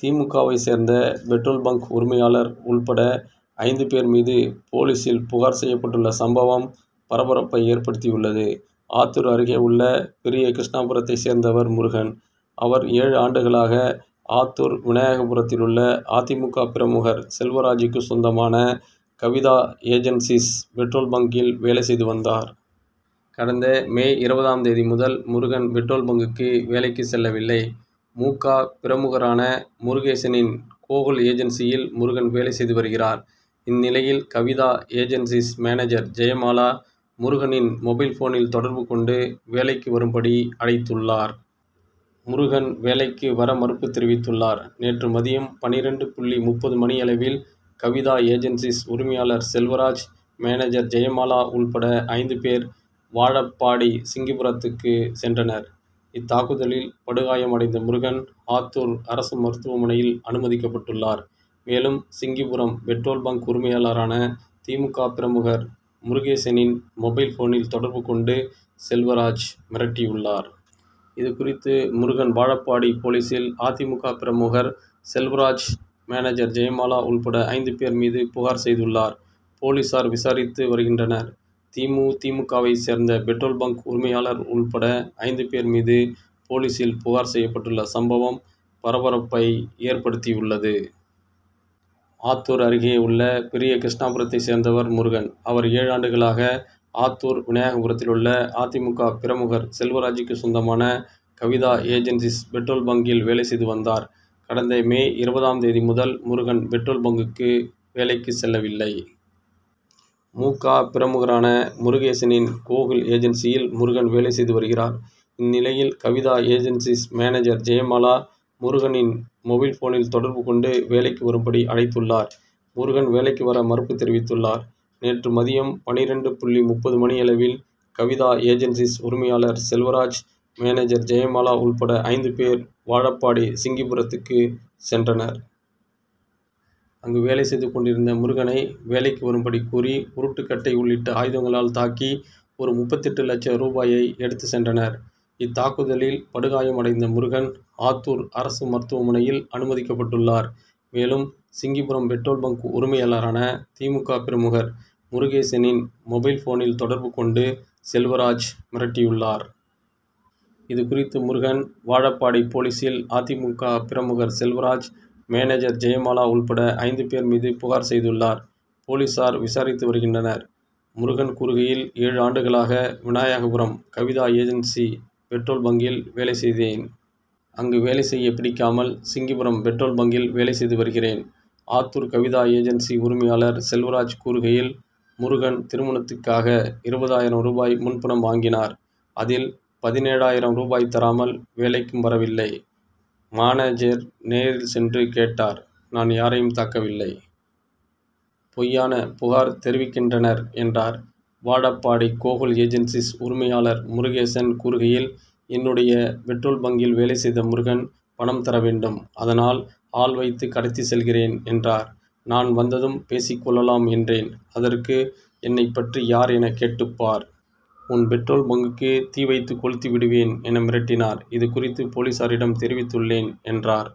தி மு கவை சேர்ந்த பெட்ரோல் பங்க் உரிமையாளர் உள்பட ஐந்து பேர் மீது போலீஸில் புகார் செய்யப்பட்டுள்ள சம்பவம் பரபரப்பை ஏற்படுத்தியுள்ளது. ஆத்தூர் அருகே உள்ள பெரிய கிருஷ்ணாபுரத்தை சேர்ந்தவர் முருகன். அவர் ஏழு ஆண்டுகளாக ஆத்தூர் விநாயகபுரத்திலுள்ள அ தி மு க பிரமுகர் செல்வராஜூக்கு சொந்தமான கவிதா ஏஜன்சிஸ் பெட்ரோல் பங்கில் வேலை செய்து வந்தார். கடந்த மே இருபதாம் தேதி முதல் முருகன் பெட்ரோல் பங்க்குக்கு வேலைக்கு செல்லவில்லை. மு க பிரமுகரான முருகேசனின் கோகுல் ஏஜன்சியில் முருகன் வேலை செய்து வருகிறார். இந்நிலையில் கவிதா ஏஜன்சிஸ் மேனேஜர் ஜெயமாலா முருகனின் மொபைல் ஃபோனில் தொடர்பு கொண்டு வேலைக்கு வரும்படி அழைத்துள்ளார். முருகன் வேலைக்கு வர மறுப்பு தெரிவித்துள்ளார். நேற்று மதியம் பன்னிரண்டு.முப்பது மணியளவில் கவிதா ஏஜன்சிஸ் உரிமையாளர் செல்வராஜ் மேனேஜர் ஜெயமாலா உள்பட ஐந்து பேர் வாழப்பாடி சிங்கிபுரத்துக்கு சென்றனர். இத்தாக்குதலில் படுகாயமடைந்த முருகன் ஆத்தூர் அரசு மருத்துவமனையில் அனுமதிக்கப்பட்டுள்ளார். மேலும் சிங்கிபுரம் பெட்ரோல் பங்க் உரிமையாளரான தி மு க பிரமுகர் முருகேசனின் மொபைல் ஃபோனில் தொடர்பு கொண்டு செல்வராஜ் மிரட்டியுள்ளார். இது குறித்து முருகன் வாழப்பாடி போலீஸில் அ தி மு க பிரமுகர் செல்வராஜ் மேனேஜர் ஜெயமாலா உள்பட ஐந்து பேர் மீது புகார் செய்துள்ளார். போலீஸார் விசாரித்து வருகின்றனர். தி மு தி மு கவை சேர்ந்த பெட்ரோல் பங்க் உரிமையாளர் உள்பட ஐந்து பேர் மீது போலீஸில் புகார் செய்யப்பட்டுள்ள சம்பவம் பரபரப்பை ஏற்படுத்தியுள்ளது. ஆத்தூர் அருகே உள்ள பெரிய கிருஷ்ணாபுரத்தை சேர்ந்தவர் முருகன். அவர் ஏழு ஆண்டுகளாக ஆத்தூர் விநாயகபுரத்திலுள்ள அ தி மு க பிரமுகர் செல்வராஜூக்கு சொந்தமான கவிதா ஏஜன்சிஸ் பெட்ரோல் பங்கில் வேலை செய்து வந்தார். கடந்த மே இருபதாம் தேதி முதல் முருகன் பெட்ரோல் பங்க்குக்கு வேலைக்கு செல்லவில்லை. மு க பிரமுகரான முருகேசனின் கோகுல் ஏஜன்சியில் முருகன் வேலை செய்து வருகிறார். இந்நிலையில் கவிதா ஏஜன்சிஸ் மேனேஜர் ஜெயமாலா முருகனின் மொபைல் ஃபோனில் தொடர்பு கொண்டு வேலைக்கு வரும்படி அழைத்துள்ளார். முருகன் வேலைக்கு வர மறுப்பு தெரிவித்துள்ளார். நேற்று மதியம் பன்னிரண்டு.முப்பது மணியளவில் கவிதா ஏஜன்சிஸ் உரிமையாளர் செல்வராஜ் மேனேஜர் ஜெயமாலா உள்பட ஐந்து பேர் வாழப்பாடி சிங்கிபுரத்துக்கு சென்றனர். அங்கு வேலை செய்து கொண்டிருந்த முருகனை வேலைக்கு வரும்படி கூறி உருட்டு கட்டை உள்ளிட்ட ஆயுதங்களால் தாக்கி ஒரு.முப்பத்தெட்டு லட்சம் ரூபாயை எடுத்து சென்றனர். இத்தாக்குதலில் படுகாயமடைந்த முருகன் ஆத்தூர் அரசு மருத்துவமனையில் அனுமதிக்கப்பட்டுள்ளார். மேலும் சிங்கிபுரம் பெட்ரோல் பங்க் உரிமையாளரான தி மு க பிரமுகர் முருகேசனின் மொபைல் ஃபோனில் தொடர்பு கொண்டு செல்வராஜ் மிரட்டியுள்ளார். இது குறித்து முருகன் வாழப்பாடி போலீஸில் அ தி மு க பிரமுகர் செல்வராஜ் மேனேஜர் ஜெயமாலா உள்பட ஐந்து பேர் மீது புகார் செய்துள்ளார். போலீஸார் விசாரித்து வருகின்றனர். முருகன் கூறுகையில் ஏழு ஆண்டுகளாக விநாயகபுரம் கவிதா ஏஜென்சி பெட்ரோல் பங்கில் வேலை செய்தேன். அங்கு வேலை செய்ய பிடிக்காமல் சிங்கிபுரம் பெட்ரோல் பங்கில் வேலை செய்து வருகிறேன். ஆத்தூர் கவிதா ஏஜன்சி உரிமையாளர் செல்வராஜ் கூறுகையில் முருகன் திருமணத்துக்காக இருபதாயிரம் ரூபாய் முன்பணம் வாங்கினார். அதில் பதினேழாயிரம் ரூபாய் தராமல் வேலைக்கும் வரவில்லை. மானேஜர் நேரில் சென்று கேட்டார். நான் யாரையும் தாக்கவில்லை. பொய்யான புகார் தெரிவிக்கின்றனர் என்றார். வாழப்பாடி கோகுல் ஏஜன்சிஸ் உரிமையாளர் முருகேசன் கூறுகையில் என்னுடைய பெட்ரோல் பங்கில் வேலை செய்த முருகன் பணம் தரவேண்டும். அதனால் ஆள் வைத்து கடத்தி செல்கிறேன் என்றார். நான் வந்ததும் பேசிக்கொள்ளலாம் என்றேன். அதற்கு என்னை பற்றி யார் என கேட்டு பார். உன் பெட்ரோல் பங்க்குக்கு தீ வைத்து கொளுத்திவிடுவேன் என மிரட்டினார். இது குறித்து போலீஸாரிடம் தெரிவித்துள்ளேன் என்றார்.